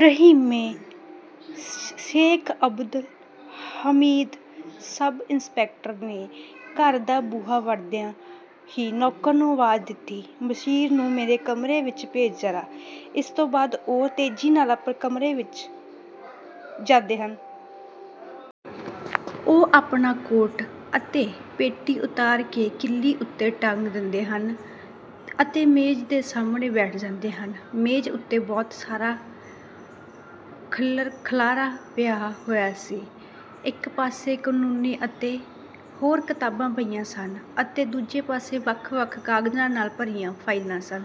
ਰਹੀਮੇ! Sheikh Abdul Hamid sub inspector ਨੇ ਘਰ ਦਾ ਬੂਹਾ ਵੜਦਿਆਂ ਹੀ ਨੌਕਰ ਨੂੰ ਆਵਾਜ਼ ਦਿੱਤੀ, "ਬਸ਼ੀਰ ਨੂੰ ਮੇਰੇ ਕਮਰੇ ਵਿਚ ਭੇਜ ਜ਼ਰਾ"। ਇਸ ਤੋਂ ਬਾਅਦ ਉਹ ਤੇਜ਼ੀ ਨਾਲ ਆਪਣੇ ਕਮਰੇ ਵਿੱਚ ਜਾਂਦੇ ਹਨ। ਉਹ ਆਪਣਾ ਕੋਟ ਅਤੇ ਪੇਟੀ ਉਤਾਰ ਕੇ ਕਿੱਲੀ ਉੱਤੇ ਟੰਗ ਦਿੰਦੇ ਹਨ ਅਤੇ ਮੇਜ਼ ਦੇ ਸਾਹਮਣੇ ਬੈਠ ਜਾਂਦੇ ਹਨ। ਮੇਜ਼ ਉੱਤੇ ਬਹੁਤ ਸਾਰਾ ਖਿੱਲਰ-ਖਲੇਰਾ ਪਿਆ ਹੋਇਆ ਸੀ। ਇੱਕ ਪਾਸੇ ਕਾਨੂੰਨੀ ਅਤੇ ਹੋਰ ਕਿਤਾਬਾਂ ਪਈਆਂ ਸਨ ਅਤੇ ਦੂਜੇ ਪਾਸੇ ਵੱਖ-ਵੱਖ ਕਾਗਜ਼ਾਂ ਨਾਲ ਭਰੀਆਂ ਫ਼ਾਈਲਾਂ ਸਨ।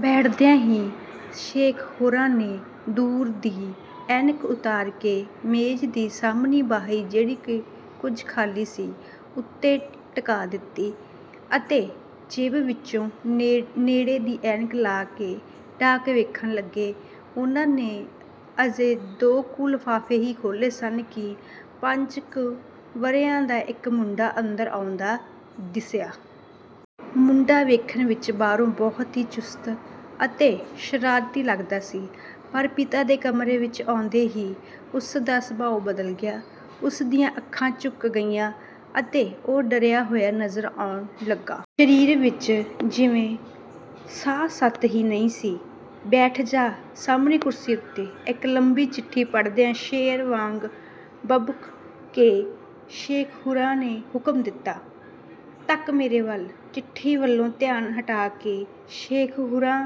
ਬੈਠਦਿਆਂ ਹੀ ਸ਼ੇਖ਼ ਹੋਰਾਂ ਨੇ ਦੂਰ ਦੀ ਐਨਕ ਉਤਾਰ ਕੇ ਮੇਜ਼ ਦੀ ਸਾਹਮਣੀ ਬਾਹੀ, ਜਿਹੜੀ ਕੁਝ ਖਾਲੀ ਸੀ, ਉੱਤੇ ਟਿਕਾ ਦਿੱਤੀ ਅਤੇ ਜੇਬ ਵਿਚੋਂ ਨੇੜੇ ਦੀ ਐਨਕ ਲਾ ਕੇ ਡਾਕ ਵੇਖਣ ਲੱਗੇ। ਉਨ੍ਹਾਂ ਨੇ ਅਜੇ ਦੋ ਕੁ ਲਫ਼ਾਫ਼ੇ ਹੀ ਖੋਲ੍ਹੇ ਸਨ ਕਿ ਪੰਜਾਂ ਕੁ ਵਰ੍ਹਿਆਂ ਦਾ ਇਕ ਮੁੰਡਾ ਅੰਦਰ ਆਉਂਦਾ ਦਿੱਸਿਆ। ਮੁੰਡਾ ਵੇਖਣ ਵਿੱਚ ਬਾਹਰੋਂ ਬਹੁਤ ਚੁਸਤ ਅਤੇ ਸ਼ਰਾਰਤੀ ਲੱਗਦਾ ਸੀ, ਪਰ ਪਿਤਾ ਦੇ ਕਮਰੇ ਵਿੱਚ ਆਉਂਦੇ ਹੀ ਉਸ ਦਾ ਸੁਭਾਉ ਬਦਲ ਗਿਆ। ਉਸ ਦੀਆਂ ਅੱਖਾਂ ਝੁਕ ਗਈਆਂ ਅਤੇ ਉਹ ਡਰਿਆ ਹੋਇਆ ਨਜ਼ਰ ਆਉਣ ਲੱਗਾ। ਸਰੀਰ ਵਿੱਚ ਜਿਵੇਂ ਸਾਹ-ਸਤ ਹੀ ਨਹੀਂ ਸੀ। "ਬੈਠ ਜਾ ਸਾਹਮਣੀ ਕੁਰਸੀ ਉੱਤੇ", ਇਕ ਲੰਮੀ ਚਿੱਠੀ ਪੜ੍ਹਦਿਆਂ ਸ਼ੇਰ ਵਾਂਗ ਭਬਕ ਕੇ ਸ਼ੇਖ਼ ਹੋਰਾਂ ਹੁਕਮ ਦਿੱਤਾ। "ਤੱਕ ਮੇਰੇ ਵੱਲ", ਚਿੱਠੀ ਵੱਲੋਂ ਧਿਆਨ ਹਟਾ ਕੇ ਸ਼ੇਖ਼ ਹੋਰੀਂ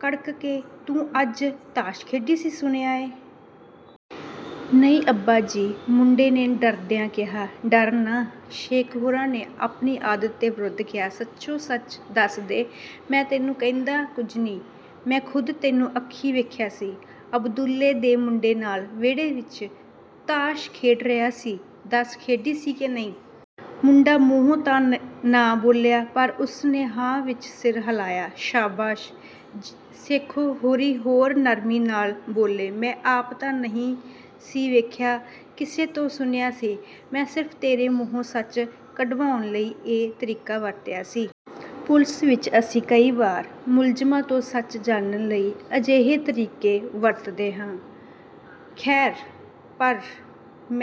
ਕੜਕੇ, ਤੂੰ ਅੱਜ ਤਾਸ਼ ਖੇਡੀ ਸੀ, ਸੁਣਿਆ ਏ? " "ਨਹੀਂ ਅੱਬਾ ਜੀ", ਮੁੰਡੇ ਨੇ ਡਰਦਿਆਂ ਕਿਹਾ। "ਡਰ ਨਾ", ਸ਼ੇਖ਼ ਹੋਰਾਂ ਆਪਣੀ ਆਦਤ ਦੇ ਵਿਰੁੱਧ ਕਿਹਾ, "ਸੱਚੋ-ਸੱਚ ਦੱਸ ਦੇ, ਮੈਂ ਤੈਨੂੰ ਕਹਿੰਦਾ ਕੁਝ ਨਹੀਂ। ਮੈਂ ਖ਼ੁਦ ਤੈਨੂੰ ਅੱਖੀਂ ਵੇਖਿਆ ਸੀ, ਅਬਦੁਲੇ ਦੇ ਮੁੰਡੇ ਨਾਲ ਵਿਹੜੇ ਵਿੱਚ ਤਾਸ਼ ਖੇਡ ਰਿਹਾ ,ਸੀ ਦੱਸ ਖੇਡੀ ਸੀ ਕਿ ਨਹੀਂ? " ਮੁੰਡਾ ਮੂੰਹੋਂ ਤਾਂ ਨਾ ਬੋਲਿਆ ਪਰ ਉਸ ਨੇ "ਹਾਂ" ਵਿੱਚ ਸਿਰ ਹਿਲਾਇਆ। "ਸ਼ਾਬਾਸ਼! " ਸ਼ੇਖ਼ ਹੋਰੀਂ ਹੋਰ ਨਰਮੀ ਨਾਲ ਬੋਲੇ, "ਮੈਂ ਆਪ ਤਾਂ ਨਹੀਂ ਸੀ ਵੇਖਿਆ, ਕਿਸੇ ਤੋਂ ਸੁਣਿਆ ਸੀ। ਮੈਂ ਸਿਰਫ਼ ਤੇਰੇ ਮੂੰਹੋਂ ਸੱਚ ਕਢਵਾਉਣ ਲਈ ਇਹ ਤਰੀਕਾ ਵਰਤਿਆ ਸੀ। ਪੁਲਿਸ ਵਿੱਚ ਅਸੀਂ ਕਈ ਵਾਰ ਮੁਲਜ਼ਮਾਂ ਤੋਂ ਸੱਚ ਜਾਣਨ ਲਈ ਅਜਿਹੇ ਤਰੀਕੇ ਵਰਤਦੇ ਹਾਂ। ਖੈਰ, ਪਰ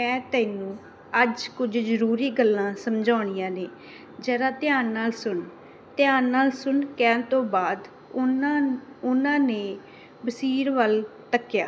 ਮੈਂ ਤੈਨੂੰ ਅੱਜ ਕੁਝ ਜ਼ਰੂਰੀ ਗੱਲਾਂ ਸਮਝਾਉਣੀਆਂ ਨੇ, ਜ਼ਰਾ ਧਿਆਨ ਨਾਲ ਸੁਣ। "ਧਿਆਨ ਨਾਲ ਸੁਣ" ਕਹਿਣ ਤੋਂ ਬਾਅਦ ਉਨ੍ਹਾਂ ਨੇ ਬਸ਼ੀਰ ਵੱਲ ਤੱਕਿਆ।